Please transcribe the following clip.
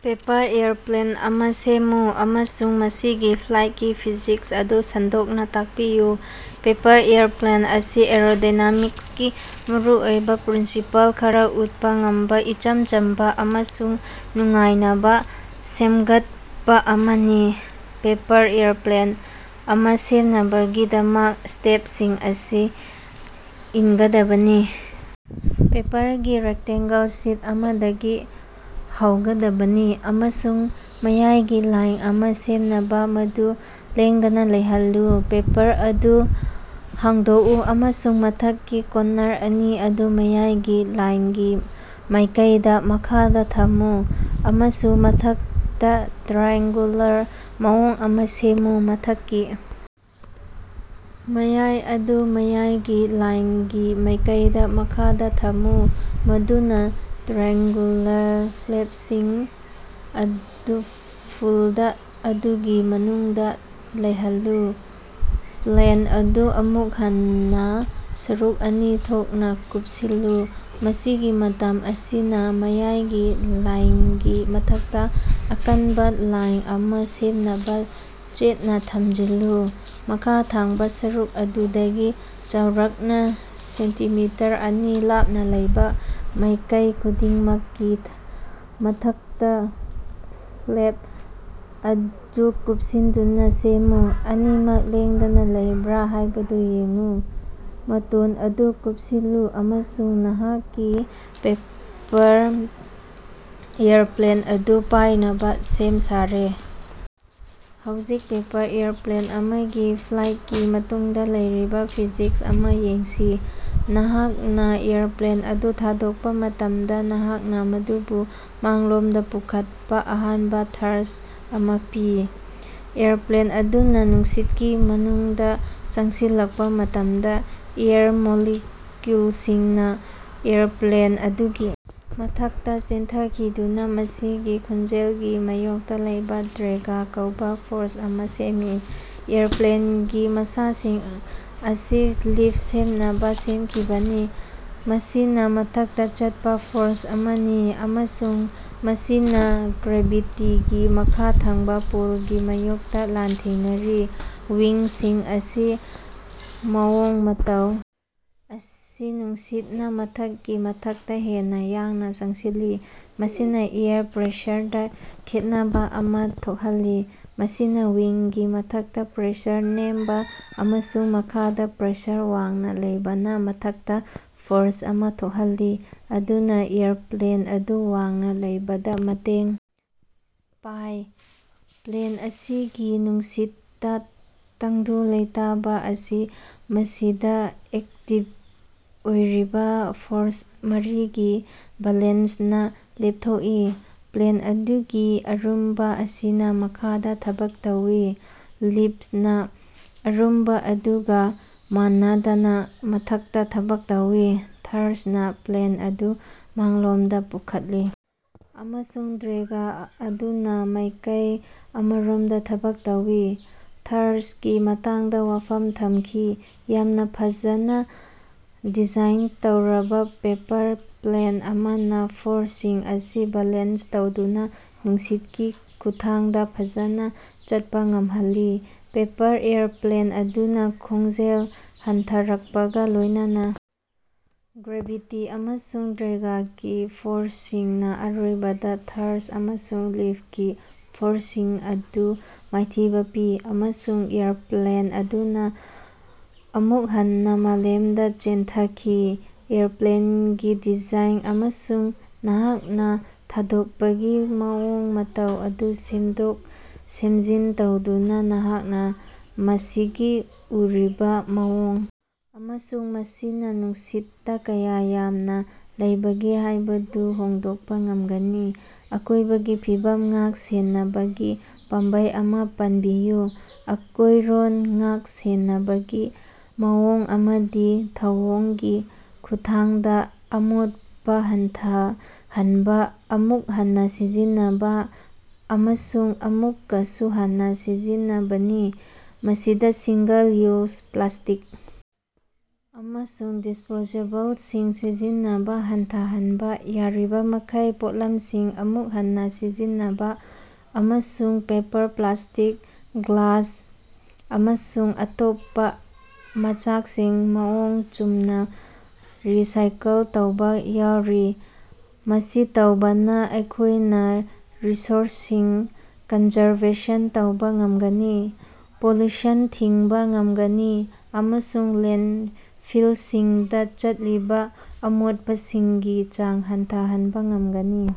Paper aeroplane ꯑꯃ ꯁꯦꯝꯃꯨ ꯑꯃꯁꯨꯡ ꯃꯁꯤꯒꯤ ꯐ꯭ꯂꯥꯏꯠꯀꯤ ꯐꯤꯖꯤꯛꯁ ꯑꯗꯨ ꯁꯟꯗꯣꯛꯅ ꯇꯥꯛꯄꯤꯌꯨ꯫ ꯄꯦꯄꯔ ꯑꯦꯌꯔꯄ꯭ꯂꯦꯟ ꯑꯁꯤ ꯑꯦꯔꯣꯗꯥꯏꯅꯥꯃꯤꯛꯁꯀꯤ ꯃꯔꯨꯑꯣꯏꯕ ꯄ꯭ꯔꯤꯟꯁꯤꯄꯜ ꯈꯔ ꯎꯠꯄ ꯉꯝꯕ ꯏꯆꯝ ꯆꯝꯕ ꯑꯃꯁꯨꯡ ꯅꯨꯡꯉꯥꯏꯅꯕ ꯁꯦꯝꯒꯠꯄ ꯑꯃꯅꯤ꯫ ꯄꯦꯄꯔ ꯑꯦꯌꯔꯄ꯭ꯂꯦꯟ ꯑꯃ ꯁꯦꯝꯅꯕꯒꯤꯗꯃꯛ, ꯁ꯭ꯇꯦꯞꯁꯤꯡ ꯑꯁꯤ ꯏꯟꯒꯗꯕꯅꯤ: ꯄꯦꯄꯔꯒꯤ ꯔꯦꯛꯇꯦꯡꯒꯜ ꯁꯤꯠ ꯑꯃꯗꯒꯤ ꯍꯧꯒꯗꯕꯅꯤ ꯑꯃꯁꯨꯡ ꯃꯌꯥꯏꯒꯤ ꯂꯥꯏꯟ ꯑꯃ ꯁꯦꯝꯅꯕ ꯃꯗꯨ ꯂꯦꯡꯗꯅ ꯂꯩꯍꯜꯂꯨ꯫ ꯄꯦꯄꯔ ꯑꯗꯨ ꯍꯥꯡꯗꯣꯛꯎ ꯑꯃꯁꯨꯡ ꯃꯊꯛꯀꯤ ꯀꫭꯟꯅꯔ ꯑꯅꯤ ꯑꯗꯨ ꯃꯌꯥꯏꯒꯤ ꯂꯥꯏꯟ ꯒꯤ ꯃꯥꯏꯀꯩꯗ ꯃꯈꯥꯗ ꯊꯝꯃꯨ ꯑꯃꯁꯨꯡ ꯃꯊꯛꯇ ꯇ꯭ꯔꯥꯑꯦꯡꯒꯨꯂꯔ ꯃꯑꯣꯡ ꯑꯃ ꯁꯦꯝꯃꯨ꯫ ꯃꯊꯛꯀꯤ ꯃꯌꯥꯏ ꯑꯗꯨ ꯃꯌꯥꯏꯒꯤ ꯂꯥꯏꯟꯒꯤ ꯃꯥꯏꯀꯩꯗ ꯃꯈꯥꯗ ꯊꯝꯃꯨ ꯃꯗꯨꯅ ꯇ꯭ꯔꯥꯑꯦꯡꯒꯨꯂꯔ ꯐ꯭ꯂꯦꯞꯁꯤꯡ ꯑꯗꯨ ꯐꯨꯜꯗ ꯑꯗꯨꯒꯤ ꯃꯅꯨꯡꯗ ꯂꯩꯍꯜꯂꯨ꯫ ꯄ꯭ꯂꯦꯟ ꯑꯗꯨ ꯑꯃꯨꯛ ꯍꯟꯅ ꯁꯔꯨꯛ ꯑꯅꯤ ꯊꯣꯛꯅ ꯀꯨꯞꯁꯤꯜꯂꯨ, ꯃꯁꯤꯒꯤ ꯃꯇꯝ ꯑꯁꯤꯅ ꯃꯌꯥꯏꯒꯤ ꯂꯥꯏꯟꯒꯤ ꯃꯊꯛꯇ, ꯑꯀꯟꯕ ꯂꯥꯏꯟ ꯑꯃ ꯁꯦꯝꯅꯕ ꯆꯦꯠꯅ ꯊꯝꯖꯤꯜꯂꯨ꯫ ꯃꯈꯥ ꯊꯪꯕ ꯁꯔꯨꯛ ꯑꯗꯨꯗꯒꯤ ꯆꯥꯎꯔꯥꯛꯅ ꯁꯦꯟꯇꯤꯃꯤꯇꯔ ꯑꯅꯤ ꯂꯥꯞꯅ ꯂꯩꯕ ꯃꯥꯏꯀꯩ ꯈꯨꯗꯤꯡꯃꯛꯀꯤ ꯃꯊꯛꯀꯤ ꯐ꯭ꯂꯦꯞ ꯑꯗꯨ ꯀꯨꯞꯁꯤꯟꯗꯨꯅ ꯁꯦꯝꯃꯨ, ꯑꯅꯤꯃꯛ ꯂꯦꯡꯗꯅ ꯂꯩꯕ꯭ꯔꯥ ꯍꯥꯏꯕꯗꯨ ꯌꯦꯡꯎ꯫ ꯃꯇꫭꯟ ꯑꯗꯨ ꯀꯨꯞꯁꯤꯜꯂꯨ ꯑꯃꯁꯨꯡ ꯅꯍꯥꯛꯀꯤ ꯄꯦꯄꯔ ꯑꯦꯌꯔꯄ꯭ꯂꯦꯟ ꯑꯗꯨ ꯄꯥꯏꯅꯕ ꯁꯦꯝ ꯁꯥꯔꯦ! ꯍꯧꯖꯤꯛ, ꯄꯦꯄꯔ ꯑꯦꯌꯔꯄ꯭ꯂꯦꯟ ꯑꯃꯒꯤ ꯐ꯭ꯂꯥꯏꯠꯀꯤ ꯃꯇꯨꯡꯗ ꯂꯩꯔꯤꯕ ꯐꯤꯖꯤꯛꯁ ꯑꯗꯨ ꯌꯦꯡꯁꯤ꯫ ꯅꯍꯥꯛꯅ ꯑꯦꯌꯔꯄ꯭ꯂꯦꯟ ꯑꯗꯨ ꯊꯥꯗꯣꯛꯄ ꯃꯇꯝꯗ, ꯅꯍꯥꯛꯅ ꯃꯗꯨꯕꯨ ꯃꯥꯡꯂꯣꯝꯗ ꯄꯨꯈꯠꯄ ꯑꯍꯥꯟꯕ ꯊ꯭ꯔꯁ ꯑꯃ ꯄꯤ꯫ ꯑꯦꯌꯔꯄ꯭ꯂꯦꯟ ꯑꯗꯨꯅ ꯅꯨꯡꯁꯤꯠꯀꯤ ꯃꯅꯨꯡꯗ ꯆꯪꯁꯤꯜꯂꯛꯄ ꯃꯇꯝꯗ, ꯑꯦꯌꯔ ꯃꯣꯂꯤꯀ꯭ꯌꯨꯜꯁꯤꯡꯅ ꯑꯦꯌꯔꯄ꯭ꯂꯦꯟ ꯑꯗꯨꯒꯤ ꯃꯊꯛꯇ ꯆꯦꯟꯊꯈꯤꯗꯨꯅ ꯃꯁꯤꯒꯤ ꯈꯣꯟꯖꯦꯜꯒꯤ ꯃꯥꯌꯣꯛꯇꯥ ꯂꯩꯕꯥ ꯗ꯭ꯔꯦꯒ ꯀꯧꯕ ꯐꯣꯔꯁ ꯑꯃ ꯁꯦꯝꯃꯤ꯫ ꯑꯦꯌꯔꯄ꯭ꯂꯦꯟꯒꯤ ꯃꯁꯥꯁꯤꯡ ꯑꯁꯤ ꯂꯤꯐ ꯁꯦꯝꯅꯕ ꯁꯦꯝꯈꯤꯕꯅꯤ, ꯃꯁꯤꯅ ꯃꯊꯛꯇ ꯆꯠꯄ ꯐꯣꯔꯁ ꯑꯃꯅꯤ ꯑꯃꯁꯨꯡ ꯃꯁꯤꯅ ꯒ꯭ꯔꯦꯚꯤꯇꯤꯒꯤ ꯃꯈꯥ ꯊꯪꯕ ꯄꯨꯜꯒꯤ ꯃꯥꯌꯣꯛꯇ ꯂꯥꯟꯊꯦꯡꯅꯔꯤ꯫ ꯋꯤꯡꯁꯤꯡ ꯑꯁꯤ ꯃꯑꯣꯡ-ꯃꯇꯧ ꯑꯁꯤ ꯅꯨꯡꯁꯤꯠꯅ ꯃꯊꯛꯀꯤ ꯃꯊꯛꯇ ꯍꯦꯟꯅ ꯌꯥꯡꯅ ꯆꯪꯁꯤꯜꯂꯤ꯫ ꯃꯁꯤꯅ ꯑꯦꯌꯔ ꯄ꯭ꯔꯦꯁꯔꯗ ꯈꯦꯠꯅꯕ ꯑꯃꯥ ꯊꯣꯛꯍꯜꯂꯤ, ꯃꯁꯤꯅ ꯋꯤꯡꯒꯤ ꯃꯊꯛꯇꯥ ꯄ꯭ꯔꯦꯁꯔ ꯅꯦꯝꯕ ꯑꯃꯁꯨꯡ ꯃꯈꯥꯗꯥ ꯄ꯭ꯔꯦꯁꯔ ꯋꯥꯡꯅ ꯂꯩꯕꯅ ꯃꯊꯛꯇ ꯐꯣꯔꯁ ꯑꯃ ꯊꯣꯛꯍꯜꯂꯤ ꯃꯗꯨꯅ ꯑꯦꯌꯔꯄ꯭ꯂꯦꯟ ꯑꯗꯨ ꯋꯥꯡꯅ ꯂꯩꯕꯗ ꯃꯇꯦꯡ ꯄꯥꯏ꯫ ꯄ꯭ꯂꯦꯟ ꯑꯁꯤꯒꯤ ꯅꯨꯡꯁꯤꯠꯇ ꯇꯪꯗꯨ ꯂꯩꯇꯥꯕ ꯑꯁꯤ ꯃꯁꯤꯗ ꯑꯦꯛꯇꯤꯕ ꯑꯣꯏꯔꯤꯕ ꯐꯣꯔꯁ ꯃꯔꯤꯒꯤ ꯕꯦꯂꯦꯟꯁꯅ ꯂꯦꯞꯊꯣꯛꯏ ꫰꫰ꯄ꯭ꯂꯦꯟ ꯑꯗꯨꯒꯤ ꯑꯔꯨꯝꯕ ꯑꯁꯤꯅ ꯃꯈꯥꯗ ꯊꯕꯛ ꯇꯧꯏ, ꯂꯤꯐꯅ ꯑꯔꯨꯝꯕ ꯑꯗꯨꯒ ꯃꯥꯟꯅꯗꯅ ꯃꯊꯛꯇ ꯊꯕꯛ ꯇꯧꯏ, ꯊ꯭ꯔꯁꯅ ꯄ꯭ꯂꯦꯟ ꯑꯗꯨ ꯃꯥꯡꯂꯣꯝꯗ ꯄꯨꯈꯠꯂꯤ, ꯑꯃꯁꯨꯡ ꯗ꯭ꯔꯦꯒ ꯑꯗꯨꯅ ꯃꯥꯏꯀꯩ ꯑꯃꯔꯣꯝꯗ ꯊꯕꯛ ꯇꯧꯏ꯫ ꯊ꯭ꯔꯁꯀꯤ ꯃꯇꯥꯡꯗ ꯋꯥꯐꯝ ꯊꯝꯈꯤ꯫ ꯌꯥꯝꯅ ꯐꯖꯅ ꯗꯤꯖꯥꯏꯟ ꯇꯧꯔꯕ ꯄꯦꯄꯔ ꯄ꯭ꯂꯦꯟ ꯑꯃꯅ ꯐꯣꯔꯁꯁꯤꯡ ꯑꯁꯤ ꯕꯦꯂꯦꯟꯁ ꯇꯧꯗꯨꯅ ꯅꯨꯡꯁꯤꯠꯀꯤ ꯈꯨꯠꯊꯥꯡꯗ ꯐꯖꯅ ꯆꯠꯄ ꯉꯝꯍꯜꯂꯤ꯫ ꯄꯦꯄꯔ ꯑꯦꯌꯔꯄ꯭ꯂꯦꯟ ꯑꯗꯨꯅ ꯈꯣꯡꯖꯦꯜ ꯍꯟꯊꯔꯛꯄꯒ ꯂꯣꯏꯅꯅ, ꯒ꯭ꯔꯦꯚꯤꯇꯤ ꯑꯃꯁꯨꯡ ꯗ꯭ꯔꯦꯒꯀꯤ ꯐꯣꯔꯁꯁꯤꯡꯅ ꯑꯔꯣꯏꯕꯗ ꯊ꯭ꯔꯁ ꯑꯃꯁꯨꯡ ꯂꯤꯐꯀꯤ ꯐꯣꯔꯁꯁꯤꯡ ꯑꯗꯨ ꯃꯥꯏꯊꯤꯕ ꯄꯤ, ꯑꯃꯁꯨꯡ ꯑꯦꯌꯔꯄ꯭ꯂꯦꯟ ꯑꯗꯨꯅ ꯑꯃꯨꯛ ꯍꯟꯅ ꯃꯥꯂꯦꯝꯗ ꯆꯦꯟꯊꯈꯤ꯫ ꯑꯦꯌꯔꯄ꯭ꯂꯦꯟꯒꯤ ꯗꯤꯖꯥꯏꯟ ꯑꯃꯁꯨꯡ ꯅꯍꯥꯛꯅ ꯊꯥꯗꯣꯛꯄꯒꯤ ꯃꯑꯣꯡ ꯃꯇꯧ ꯑꯗꯨ ꯁꯦꯝꯗꯣꯛ-ꯁꯦꯝꯖꯤꯟ ꯇꯧꯗꯨꯅ, ꯅꯍꯥꯛꯅ ꯃꯁꯤꯒꯤ ꯎꯔꯤꯕ ꯃꯑꯣꯡ ꯑꯃꯁꯨꯡ ꯃꯁꯤꯅ ꯅꯨꯡꯁꯤꯠꯇ ꯀꯌꯥ ꯌꯥꯝꯅ ꯂꯩꯕꯒꯦ ꯍꯥꯏꯕꯗꯨ ꯍꯣꯡꯗꯣꯛꯄ ꯉꯝꯒꯅꯤ꯫ ꯑꯀꯣꯏꯕꯒꯤ ꯐꯤꯕꯝ ꯉꯥꯛ-ꯁꯦꯟꯅꯕꯒꯤ ꯄꯥꯝꯕꯩ ꯑꯃ ꯄꯟꯕꯤꯌꯨ꯫ ꯑꯀꯣꯏꯔꯣꯟ ꯉꯥꯛ-ꯁꯦꯟꯅꯕꯒꯤ ꯃꯑꯣꯡ ꯑꯃꯗꯤ ꯊꯧꯑꯣꯡꯒꯤ ꯈꯨꯠꯊꯥꯡꯗ ꯑꯃꯣꯠꯄ ꯍꯟꯊꯍꯟꯕ, ꯑꯃꯨꯛ ꯍꯟꯅ ꯁꯤꯖꯤꯟꯅꯕ ꯑꯃꯁꯨꯡ ꯑꯃꯨꯛꯀꯁꯨ ꯍꯟꯅ ꯁꯤꯖꯤꯟꯅꯕꯅꯤ꯫ ꯃꯁꯤꯗ ꯁꯤꯡꯒꯜ-ꯌꯨꯖ ꯄ꯭ꯂꯥꯁꯇꯤꯛ ꯑꯃꯁꯨꯡ ꯗꯤꯁꯄꯣꯖꯦꯕꯜꯁꯤꯡ ꯁꯤꯖꯤꯟꯅꯕ ꯍꯟꯊꯍꯟꯕ, ꯌꯥꯔꯤꯕꯃꯈꯩ ꯄꯣꯠꯂꯝꯁꯤꯡ ꯑꯃꯨꯛ ꯍꯟꯅ ꯁꯤꯖꯤꯟꯅꯕ, ꯑꯃꯁꯨꯡ ꯄꯦꯄꯔ, ꯄ꯭ꯂꯥꯁꯇꯤꯛ, ꯒ꯭ꯂꯥꯁ ꯑꯃꯁꯨꯡ ꯑꯇꯣꯞꯄ ꯃꯆꯥꯛꯁꯤꯡ ꯃꯑꯣꯡ ꯆꯨꯝꯅ ꯔꯤꯁꯥꯏꯀꯜ ꯇꯧꯕ ꯌꯥꯎꯔꯤ꯫ ꯃꯁꯤ ꯇꯧꯕꯅ ꯑꯩꯈꯣꯏꯅ ꯔꯤꯁꯣꯔꯁꯁꯤꯡ ꯀꯟꯖꯔꯕꯦꯁꯟ ꯇꯧꯕ ꯉꯝꯒꯅꯤ, ꯄꯣꯂꯨꯁꯟ ꯊꯤꯡꯕ ꯉꯝꯒꯅꯤ ꯑꯃꯁꯨꯡ ꯂꯦꯟꯐꯤꯜꯁꯤꯡꯗ ꯆꯠꯂꯤꯕ ꯑꯃꯣꯠꯄꯁꯤꯡꯒꯤ ꯆꯥꯡ ꯍꯟꯊꯍꯟꯕ ꯉꯝꯒꯅꯤ꯫